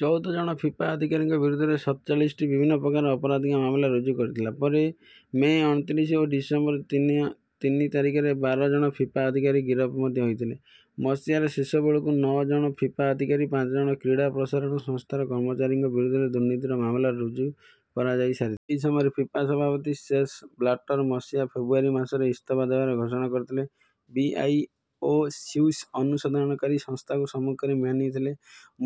ଚଉଦ ଜଣ ଫିଫା ଅଧିକାରୀଙ୍କ ବିରୁଦ୍ଧରେ ସତଚାଳିଶଟି ବିଭିନ୍ନ ପ୍ରକାରର ଅପରାଧିକ ମାମଲା ରୁଜୁ କରିଥିଲା। ପରେ ମଇ ଅଣତିରିଶ ଓ ଡିସେମ୍ବର ତିନି ତାରିଖରେ ବାର ଜଣ ଫିଫା ଅଧିକାରୀ ଗିରଫ ମଧ୍ୟ ହୋଇଥିଲେ। ମସିହାର ଶେଷ ବେଳକୁ ନଅ ଜଣ ଫିଫା ଅଧିକାରୀ ପାଞ୍ଚ ଜଣ କ୍ରୀଡ଼ା ପ୍ରସାରଣ ସଂସ୍ଥାର କର୍ମଚାରୀଙ୍କ ବିରୁଦ୍ଧରେ ଦୁର୍ନୀତିର ମାମଲା ରୁଜୁ କରାଯାଇ ସାରିଥିଲା। ଏହି ସମୟରେ ଫିଫା ସଭାପତି ସେପ୍ ବ୍ଲାଟର୍ ମସିହା ଫେବୃଆରୀ ମାସରେ ଇସ୍ତଫା ଦେବାର ଘୋଷଣା କରିଥିଲେ। ବି. ଆଇ. ଓ ସ୍ୱିସ୍ ଅନୁସନ୍ଧାନକାରୀ ସଂସ୍ଥାଙ୍କ ସମ୍ମୁଖରେ ମାନିଥିଲେ।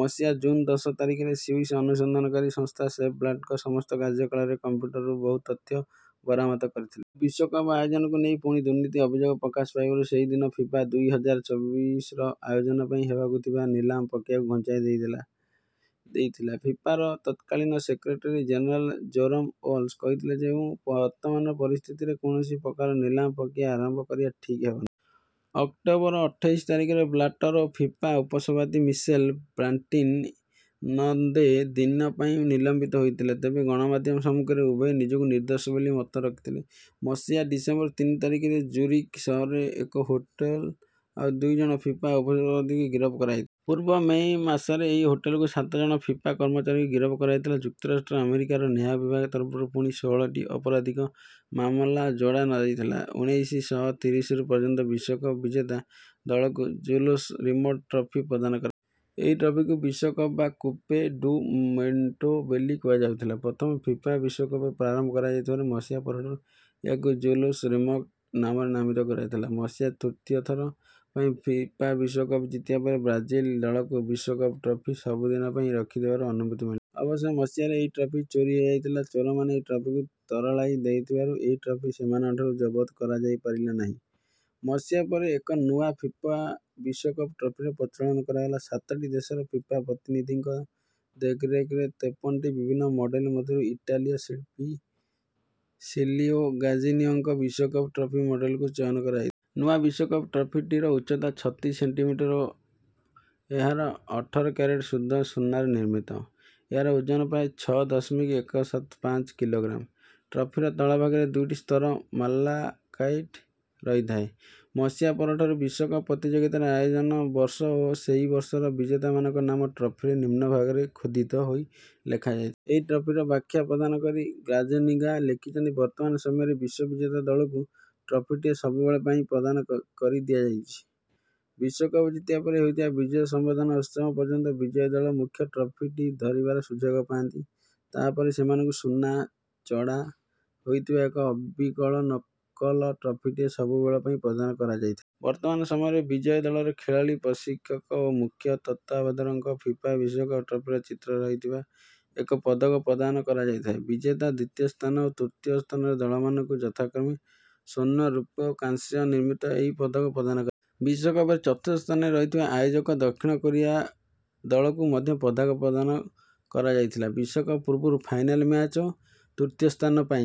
ମସିହା ଜୁନ୍ ଦଶ ତାରିଖରେ ସ୍ୱିସ୍ ଅନୁସନ୍ଧାନକାରୀ ସଂସ୍ଥା ସେପ୍ ବ୍ଲାଟର୍ଙ୍କ ସମସ୍ତ କାର୍ଯ୍ୟାଳୟର କମ୍ପ୍ୟୁଟରରୁ ବହୁ ତଥ୍ୟ ବରାମତ କରିଥିଲେ। ଓ ବିଶ୍ୱକପର ଆୟୋଜନକୁ ନେଇ ପୁଣି ଦୁର୍ନୀତି ଅଭିଯୋଗ ପ୍ରକାଶ ପାଇବାରୁ ସେହିଦିନ ଫିଫା ଦୁଇ ହଜାର ଛବିଶର ଆୟୋଜନ ପାଇଁ ହେବାକୁ ଥିବା ନିଲାମ ପ୍ରକ୍ରିୟାକୁ ଘୁଞ୍ଚାଇ ଦେଇଥିଲା। ଫିଫାର ତତ୍କାଳୀନ ସେକ୍ରେଟାରୀ ଜେନେରାଲ୍ ଜେରୋମ୍ ୱାଲ୍କେ କହିଥିଲେ ଯେ ବର୍ତ୍ତମାନର ପରିସ୍ଥିତିରେ କୌଣସି ପ୍ରକାରର ନିଲାମ ପ୍ରକ୍ରିୟା ଆରମ୍ଭ କରିବା ଠିକ୍ ହେବନାହିଁ। ଅକ୍ଟୋବର ଅଠେଇଶ ତାରିଖରେ ବ୍ଲାଟର୍ ଓ ଫିଫା ଉପସଭାପତି ମିସେଲ୍ ପ୍ଲାଟିନି ନବ୍ବେ ଦିନ ପାଇଁ ନିଲମ୍ବିତ ହୋଇଥିଲେ। ତେବେ ଗଣମାଧ୍ୟମ ସମ୍ମୁଖରେ ଉଭୟ ନିଜକୁ ନିର୍ଦ୍ଦୋଷ ବୋଲି ମତ ରଖିଥିଲେ। ମସିହା ଡିସେମ୍ବର ତିନି ତାରିଖରେ ଜୁରିକ୍ ସହରର ଏକ ହୋଟେଲ୍ ରୁ ଆଉ ଦୁଇ ଜଣ ଫିଫା ଉପସଭାପତିଙ୍କୁ ଗିରଫ କରାଯାଇଥିଲା। ପୂର୍ବେ ମଇ ମାସରେ ଏହି ହୋଟେଲ୍ରୁ ସାତ ଜଣ ଫିଫା କର୍ମଚାରୀଙ୍କୁ ଗିରଫ କରାଯାଇଥିଲା। ଯୁକ୍ତରାଷ୍ଟ୍ର ଆମେରିକାର ନ୍ୟାୟ ବିଭାଗ ତରଫରୁ ପୁଣି ଷୋହଳଟି ଅପରାଧିକ ମାମଲା ଯୋଡ଼ା ଯାଇଥିଲା। ଉଣେଇଶ ଶହ ତିରିଶରୁ ପର୍ଯ୍ୟନ୍ତ ବିଶ୍ୱକପ ବିଜେତା ଦଳକୁ ଜୁଲ୍ସ୍ ରିମେଟ୍ ଟ୍ରଫି ପ୍ରଦାନ କରା। ଏହି ଟ୍ରଫିକୁ ବିଶ୍ୱକପ ବା କୁପେ ଡୁ ମୋଣ୍ଡେ ବୋଲି କୁହାଯାଉଥିଲା। ପ୍ରଥମ ଫିଫା ବିଶ୍ୱକପର ପ୍ରାରମ୍ଭ କରାଇଥିବାରୁ ମସିହା ପରଠାରୁ ଏହାକୁ ଜୁଲ୍ସ୍ ରିମେଟ୍ଙ୍କ ନାମରେ ନାମିତ କରାଯାଇଥିଲା। ମସିହା ତୃତୀୟ ଥର ପାଇଁ ଫିଫା ବିଶ୍ୱକପ ଜିତିବା ପରେ ବ୍ରାଜିଲ ଦଳକୁ ବିଶ୍ୱକପ ଟ୍ରଫି ସବୁ ଦିନ ପାଇଁ ରଖିଦେବାର ଅନୁମତି ମିଳିଲା। ଅବଶ୍ୟ ମସିହାରେ ଏହି ଟ୍ରଫି ଚୋରି ହୋଇଯାଇଥିଲା। ଚୋରମାନେ ଏହି ଟ୍ରଫିଟିକୁ ତରଳାଇ ଦେଇଥିବାରୁ ଏହି ଟ୍ରଫି ସେମାନଙ୍କଠାରୁ ଜବତ କରାଯାଇପାରିଲା ନାହିଁ। ମସିହା ପରେ ଏକ ନୂଆ ଫିଫା ବିଶ୍ୱକପ ଟ୍ରଫିର ପ୍ରଚଳନ କରାଗଲା। ସାତଟି ଦେଶର ଫିଫା ପ୍ରତିନିଧିଙ୍କ ଦେଖରେଖରେ ତେପନଟି ବିଭିନ୍ନ ମଡେଲ୍ ମଧ୍ୟରୁ ଇଟାଲୀୟ ଶିଳ୍ପୀ ସିଲ୍ଭିଓ ଗାଜ୍ଜାନିଗାଙ୍କ ବିଶ୍ୱକପ ଟ୍ରଫି ମଡେଲ୍ଟିକୁ ଚୟନ କରାଯାଇଥିଲା। ନୂଆ ବିଶ୍ୱକପ ଟ୍ରଫିଟିର ଉଚ୍ଚତା ଛତିଶ ସେଣ୍ଟିମିଟର୍ ଓ ଏହା ଅଠର କ୍ୟାରେଟ୍ ଶୁଦ୍ଧ ସୁନାରେ ନିର୍ମିତ। ଏହାର ଓଜନ ପ୍ରାୟ ଛଅ ଦଶମିକ ଏକ ସାତ ପାଞ୍ଚ କିଲୋଗ୍ରାମ୍। ଟ୍ରଫିର ତଳଭାଗରେ ଦୁଇଟି ସ୍ତର ମାଲାକାଇଟ୍ ରହିଥାଏ। ମସିହା ପରଠାରୁ ବିଶ୍ୱକପ ପ୍ରତିଯୋଗିତାର ଆୟୋଜନ ବର୍ଷ ଓ ସେହି ବର୍ଷର ବିଜେତାମାନଙ୍କ ନାମ ଟ୍ରଫିର ନିମ୍ନ ଭାଗରେ ଖୋଦିତ ହୋଇ ଲେଖାଯାଇଥାଏ। ଏହି ଟ୍ରଫିର ବ୍ୟାଖ୍ୟା ପ୍ରଦାନ କରି ଗାଜ୍ଜାନିଗା ଲେଖିଛନ୍ତି ବର୍ତ୍ତମାନ ସମୟରେ ବିଶ୍ୱବିଜେତା ଦଳକୁ ଟ୍ରଫିଟିଏ ସବୁବେଳ ପାଇଁ ପ୍ରଦାନ କରିଦିଆଯାଉଛି। ବିଶ୍ୱକପ ଜିତିବା ପରେ ହେଉଥିବା ବିଜୟ ସମ୍ବର୍ଦ୍ଧନା ଉତ୍ସବ ପର୍ଯ୍ୟନ୍ତ ବିଜୟୀ ଦଳ ମୁଖ୍ୟ ଟ୍ରଫିଟି ଧରିବାର ସୁଯୋଗ ପାଆନ୍ତି। ତାହା ପରେ ସେମାନଙ୍କୁ ସୁନା ଚଢ଼ା ହୋଇଥିବା ଏକ ଅବିକଳ ନକଲ ଟ୍ରଫିଟିଏ ସବୁ ବେଳ ପାଇଁ ପ୍ରଦାନ କରାଯାଇଥାଏ। ବର୍ତ୍ତମାନ ସମୟରେ ବିଜୟୀ ଦଳର ଖେଳାଳୀ ପ୍ରଶିକ୍ଷକ ଓ ମୁଖ୍ୟ ତତ୍ତ୍ୱାବଧାରକଙ୍କୁ ଫିଫା ବିଶ୍ୱକପ ଟ୍ରଫିର ଚିତ୍ର ରହିଥିବା ଏକ ପଦକ ପ୍ରଦାନ କରାଯାଇଥାଏ। ବିଜେତା ଦ୍ୱିତୀୟ ସ୍ଥାନ ଓ ତୃତୀୟ ସ୍ଥାନର ଦଳମାନଙ୍କୁ ଯଥାକ୍ରମେ ସ୍ୱର୍ଣ୍ଣ ରୌପ୍ୟ ଓ କାଂସ୍ୟ ନିର୍ମିତ ଏହି ପଦକ ପ୍ରଦାନ କରାଯାଏ। ବିଶ୍ୱକପରେ ଚତୁର୍ଥ ସ୍ଥାନରେ ରହିଥିବା ଆୟୋଜକ ଦକ୍ଷିଣ କୋରିଆ ଦଳକୁ ମଧ୍ୟ ପଦକ ପ୍ରଦାନ କରାଯାଇଥିଲା। ବିଶ୍ୱକପ ପୂର୍ବରୁ ଫାଇନାଲ୍ ମ୍ୟାଚ୍ ଓ ତୃତୀୟ ସ୍ଥାନ ପାଇଁ